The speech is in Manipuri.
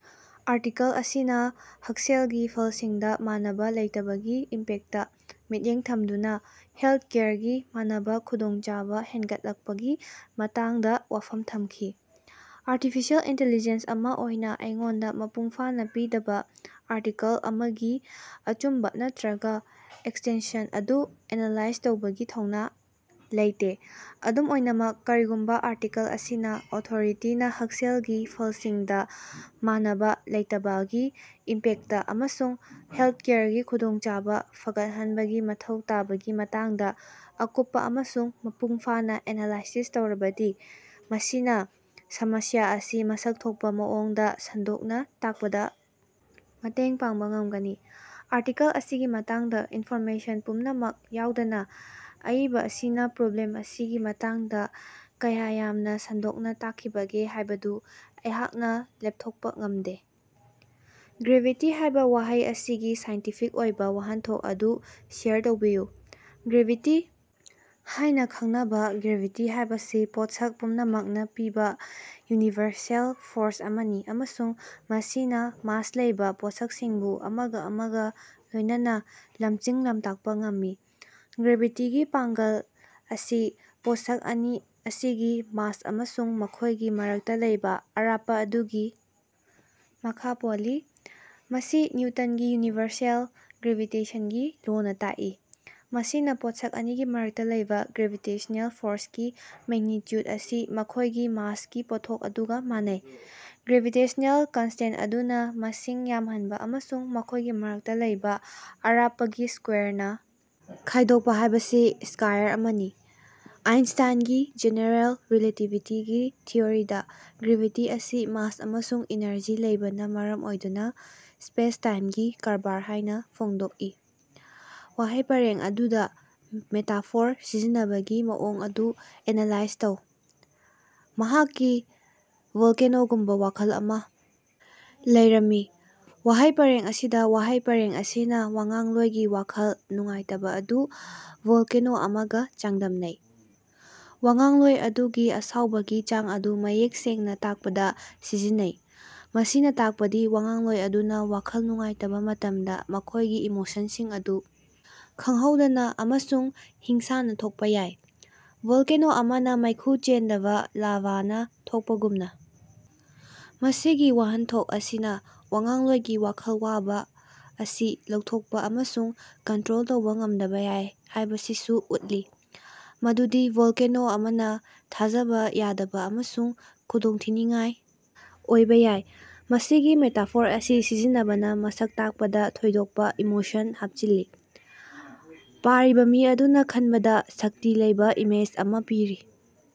ꯑꯥꯔꯇꯤꯀꯜ ꯑꯁꯤꯅ ꯍꯛꯁꯦꯜꯒꯤ ꯐꯜꯁꯤꯡꯗ ꯃꯥꯟꯅꯕ ꯂꯩꯇꯕꯒꯤ ꯏꯝꯄꯦꯛꯇꯇ ꯃꯤꯠꯌꯦꯡ ꯊꯝꯗꯨꯅ ꯍꯦꯜꯊꯀꯦꯌꯔꯒꯤ ꯃꯥꯟꯅꯕ ꯈꯨꯗꯣꯡꯆꯥꯕ ꯍꯦꯟꯒꯠꯂꯛꯄꯒꯤ ꯃꯇꯥꯡꯗ ꯋꯥꯐꯝ ꯊꯝꯈꯤ꯫ ꯑꯥꯔꯇꯤꯐꯤꯁꯤꯌꯦꯜ ꯏꯟꯇꯦꯂꯤꯖꯦꯟꯁ ꯑꯃ ꯑꯣꯏꯅ ꯑꯩꯉꯣꯟꯗ ꯃꯄꯨꯡ ꯐꯥꯅ ꯄꯤꯗꯕ ꯑꯥꯔꯇꯤꯀꯜ ꯑꯃꯒꯤ ꯑꯆꯨꯝꯕ ꯅꯠꯇ꯭ꯔꯒ ꯑꯦꯛꯁꯇꯦꯟꯁꯟ ꯑꯗꯨ ꯑꯦꯅꯂꯥꯏꯖ ꯇꯧꯕꯒꯤ ꯊꯧꯅ ꯂꯩꯇꯦ꯫ ꯑꯗꯨꯝ ꯑꯣꯏꯅꯃꯛ, ꯀꯔꯤꯒꯨꯝꯕ ꯑꯥꯔꯇꯤꯀꯜ ꯑꯁꯤꯒꯤ ꯑꯣꯊꯣꯔꯤꯇꯤꯅ ꯍꯛꯁꯦꯜꯒꯤ ꯐꯜꯁꯤꯡꯗ ꯃꯥꯟꯅꯕ ꯂꯩꯇꯕꯒꯤ ꯏꯝꯄꯦꯛꯇ ꯑꯃꯁꯨꯡ ꯍꯦꯜꯊꯀꯦꯌꯔꯒꯤ ꯈꯨꯗꯣꯡꯆꯥꯕ ꯐꯒꯠꯍꯟꯕꯒꯤ ꯃꯊꯧ ꯇꯥꯕꯒꯤ ꯃꯇꯥꯡꯗ ꯑꯀꯨꯞꯄ ꯑꯃꯁꯨꯡ ꯃꯄꯨꯡ ꯐꯥꯅ ꯑꯦꯅꯂꯥꯏꯁꯤꯁ ꯇꯧꯔꯕꯗꯤ ꯃꯁꯤꯅ ꯁꯃꯁ꯭ꯌꯥ ꯑꯁꯤ ꯃꯁꯛ ꯊꯣꯛꯄ ꯃꯑꯣꯡꯗ ꯁꯟꯗꯣꯛꯅ ꯇꯥꯛꯄꯗ ꯃꯇꯦꯡ ꯄꯥꯡꯕ ꯉꯝꯒꯅꯤ꯫ ꯑꯥꯔꯇꯤꯀꯜ ꯑꯁꯤꯒꯤ ꯃꯇꯥꯡꯗ ꯏꯟꯐꯣꯔꯃꯦꯁꯟ ꯄꯨꯝꯅꯃꯛ ꯌꯥꯎꯗꯅ ꯑꯏꯕ ꯑꯁꯤꯅ ꯄ꯭ꯔꯣꯕ꯭ꯂꯦꯝ ꯑꯁꯤꯒꯤ ꯃꯇꯥꯡꯗ ꯀꯌꯥ ꯌꯥꯝꯅ ꯁꯟꯗꯣꯛꯅ ꯇꯥꯛꯈꯤꯕꯒꯦ ꯍꯥꯏꯕꯗꯨ ꯑꯩꯍꯥꯛꯅ ꯂꯦꯞꯊꯣꯛꯄ ꯉꯝꯗꯦ꯫ "ꯒ꯭ꯔꯦꯚꯤꯇꯤ" ꯍꯥꯏꯕ ꯋꯥꯍꯩ ꯑꯁꯤꯒꯤ ꯁꯥꯏꯟꯇꯤꯐꯤꯛ ꯑꯣꯏꯕ ꯋꯥꯍꯟꯊꯣꯛ ꯑꯗꯨ ꯁꯦꯌꯔ ꯇꯧꯕꯤꯌꯨ꯫ ꯒ꯭ꯔꯦꯚꯤꯇꯤ ꯍꯥꯏꯅ ꯈꯪꯅꯕ ꯒ꯭ꯔꯦꯚꯤꯇꯤ ꯍꯥꯏꯕꯁꯤ ꯄꯣꯠꯁꯛ ꯄꯨꯝꯅꯃꯛꯅ ꯄꯤꯕ ꯌꯨꯅꯤꯚꯔꯁꯦꯜ ꯐꯣꯔꯁ ꯑꯃꯅꯤ ꯑꯃꯁꯨꯡ ꯃꯁꯤꯅ ꯃꯥꯁ ꯂꯩꯕ ꯄꯣꯠꯁꯛꯁꯤꯡꯕꯨ ꯑꯃꯒ ꯑꯃꯒ ꯂꯣꯏꯅꯅ ꯂꯝꯖꯤꯡ-ꯂꯝꯇꯥꯛꯄ ꯉꯝꯃꯤ꯫ ꯒ꯭ꯔꯦꯚꯤꯇꯤꯒꯤ ꯄꯥꯡꯒꯜ ꯑꯁꯤ ꯄꯣꯠꯁꯛ ꯑꯅꯤ ꯑꯁꯤꯒꯤ ꯃꯥꯁ ꯑꯃꯁꯨꯡ ꯃꯈꯣꯏꯒꯤ ꯃꯔꯛꯇ ꯂꯩꯕ ꯑꯔꯥꯞꯄ ꯑꯗꯨꯒꯤ ꯃꯈꯥ ꯄꯣꯜꯂꯤ꯫ ꯃꯁꯤ ꯅꯤꯎꯇꯟꯒꯤ ꯌꯨꯅꯤꯚꯔꯁꯦꯜ ꯒ꯭ꯔꯦꯚꯤꯇꯦꯁꯟꯒꯤ ꯂꯣꯅ ꯇꯥꯛꯏ꯫ ꯃꯁꯤꯅ ꯄꯣꯠꯁꯛ ꯑꯅꯤꯒꯤ ꯃꯔꯛꯇ ꯂꯩꯕ ꯒ꯭ꯔꯦꯚꯤꯇꯦꯁꯟꯅꯦꯜ ꯐꯣꯔꯁꯀꯤ ꯃꯦꯒꯅꯤꯇ꯭ꯌꯨꯗ ꯑꯁꯤ ꯃꯈꯣꯏꯒꯤ ꯃꯥꯁꯀꯤ ꯄꯣꯠꯊꯣꯛ ꯑꯗꯨꯒ ꯃꯥꯟꯅꯩ꯫ ꯒ꯭ꯔꯦꯚꯤꯇꯦꯁꯟꯅꯦꯜ ꯀꯟꯁꯇꯦꯟꯇ ꯑꯗꯨꯅ ꯃꯁꯤꯡ ꯌꯥꯝꯍꯟꯕ ꯑꯃꯁꯨꯡ ꯃꯈꯣꯏꯒꯤ ꯃꯔꯛꯇ ꯂꯩꯕ ꯑꯔꯥꯞꯄꯒꯤ ꯁ꯭ꯀꯣꯌꯥꯔꯅ ꯈꯥꯏꯗꯣꯛꯄ ꯍꯥꯏꯕꯁꯤ ꯏꯀ꯭ꯌꯥꯏꯌꯔ ꯑꯃꯅꯤ꯫ ꯑꯥꯏꯟꯁꯇꯥꯏꯟꯒꯤ ꯖꯦꯅꯦꯔꯦꯜ ꯔꯤꯂꯦꯇꯤꯚꯤꯇꯤꯒꯤ ꯊꯤꯑꯣꯔꯤꯗ ꯒ꯭ꯔꯦꯚꯤꯇꯤ ꯑꯁꯤ ꯃꯥꯁ ꯑꯃꯁꯨꯡ ꯏꯅꯔꯖꯤ ꯂꯩꯕꯅ ꯃꯔꯝ ꯑꯣꯏꯗꯨꯅ ꯁ꯭ꯄꯦꯁꯇꯥꯏꯝꯒꯤ ꯀꯔꯕꯥꯔ ꯍꯥꯏꯅ ꯐꯣꯡꯗꯣꯛꯏ꯫ ꯋꯥꯍꯩ ꯄꯔꯦꯡ ꯑꯗꯨꯗ ꯃꯦꯇꯥꯐꯣꯔ ꯁꯤꯖꯤꯟꯅꯕꯒꯤ ꯃꯑꯣꯡ ꯑꯗꯨ ꯑꯦꯅꯂꯥꯏꯖ ꯇꯧ꯫ ꯃꯍꯥꯛꯀꯤ ꯚꯣꯜꯀꯦꯅꯣꯒꯨꯝꯕ ꯋꯥꯈꯜ ꯑꯃꯥ ꯂꯩꯔꯝꯃꯤ꯫ ꯋꯥꯍꯩ ꯄꯔꯦꯡ ꯑꯁꯤꯗ ꯋꯥꯍꯩ ꯄꯔꯦꯡ ꯑꯁꯤꯅ ꯋꯥꯉꯥꯡꯂꯣꯏꯒꯤ ꯋꯥꯈꯜ ꯅꯨꯡꯉꯥꯏꯇꯕ ꯑꯗꯨ ꯚꯣꯜꯀꯦꯅꯣ ꯑꯃꯒ ꯆꯥꯡꯗꯝꯅꯩ꯫ ꯋꯥꯉꯥꯡꯂꯣꯏ ꯑꯗꯨꯒꯤ ꯑꯁꯥꯎꯕꯒꯤ ꯆꯥꯡ ꯑꯗꯨ ꯃꯌꯦꯛ ꯁꯦꯡꯅ ꯇꯥꯛꯄꯗ ꯁꯤꯖꯤꯟꯅꯩ꯫ ꯃꯁꯤꯅ ꯇꯥꯛꯄꯗꯤ ꯋꯥꯉꯥꯡꯂꯣꯏ ꯑꯗꯨꯅ ꯋꯥꯈꯜ ꯅꯨꯡꯉꯥꯏꯇꯕ ꯃꯇꯝꯗ ꯃꯈꯣꯏꯒꯤ ꯏꯃꯣꯁꯟꯁꯤꯡ ꯑꯗꯨ ꯈꯪꯍꯧꯗꯅ ꯑꯃꯁꯨꯡ ꯍꯤꯡꯁꯥꯅ ꯊꯣꯛꯄ ꯌꯥꯏ꯫ ꯚꯣꯜꯀꯦꯅꯣ ꯑꯃꯅ ꯃꯩꯈꯨ ꯆꯦꯟꯗꯕ ꯂꯥꯚꯥꯅ ꯊꯣꯛꯄꯒꯨꯝꯅ꯫ ꯃꯁꯤꯒꯤ ꯋꯥꯍꯟꯊꯣꯛ ꯑꯁꯤꯅ ꯋꯥꯉꯥꯡꯂꯣꯏꯒꯤ ꯋꯥꯈꯜ ꯋꯥꯕ ꯑꯁꯤ ꯂꯧꯊꯣꯛꯄ ꯑꯃꯁꯨꯡ ꯀꯟꯇ꯭ꯔꯣꯜ ꯇꯧꯕ ꯉꯝꯗꯕ ꯌꯥꯏ ꯍꯥꯏꯕꯁꯤꯁꯨ ꯎꯠꯂꯤ꯫ ꯃꯗꯨꯗꯤ ꯚꯣꯜꯀꯦꯅꯣ ꯑꯃꯅ ꯊꯥꯖꯕ ꯌꯥꯗꯕ ꯑꯃꯁꯨꯡ ꯈꯨꯗꯣꯡꯊꯤꯅꯤꯡꯉꯥꯏ ꯑꯣꯏꯕ ꯌꯥꯏ꯫ ꯃꯁꯤꯒꯤ ꯃꯦꯇꯥꯐꯣꯔ ꯑꯁꯤ ꯁꯤꯖꯤꯟꯅꯕꯅ ꯃꯁꯛ ꯇꯥꯛꯄꯗ ꯊꯣꯏꯗꯣꯛꯄ ꯏꯃꯣꯁꯟ ꯍꯥꯞꯆꯤꯜꯂꯤ꯫ ꯄꯥꯔꯤꯕ ꯃꯤ ꯑꯗꯨꯅ ꯈꯟꯕꯗ ꯁꯛꯇꯤ ꯂꯩꯕ ꯏꯃꯦꯖ ꯑꯃ ꯄꯤꯔꯤ꯫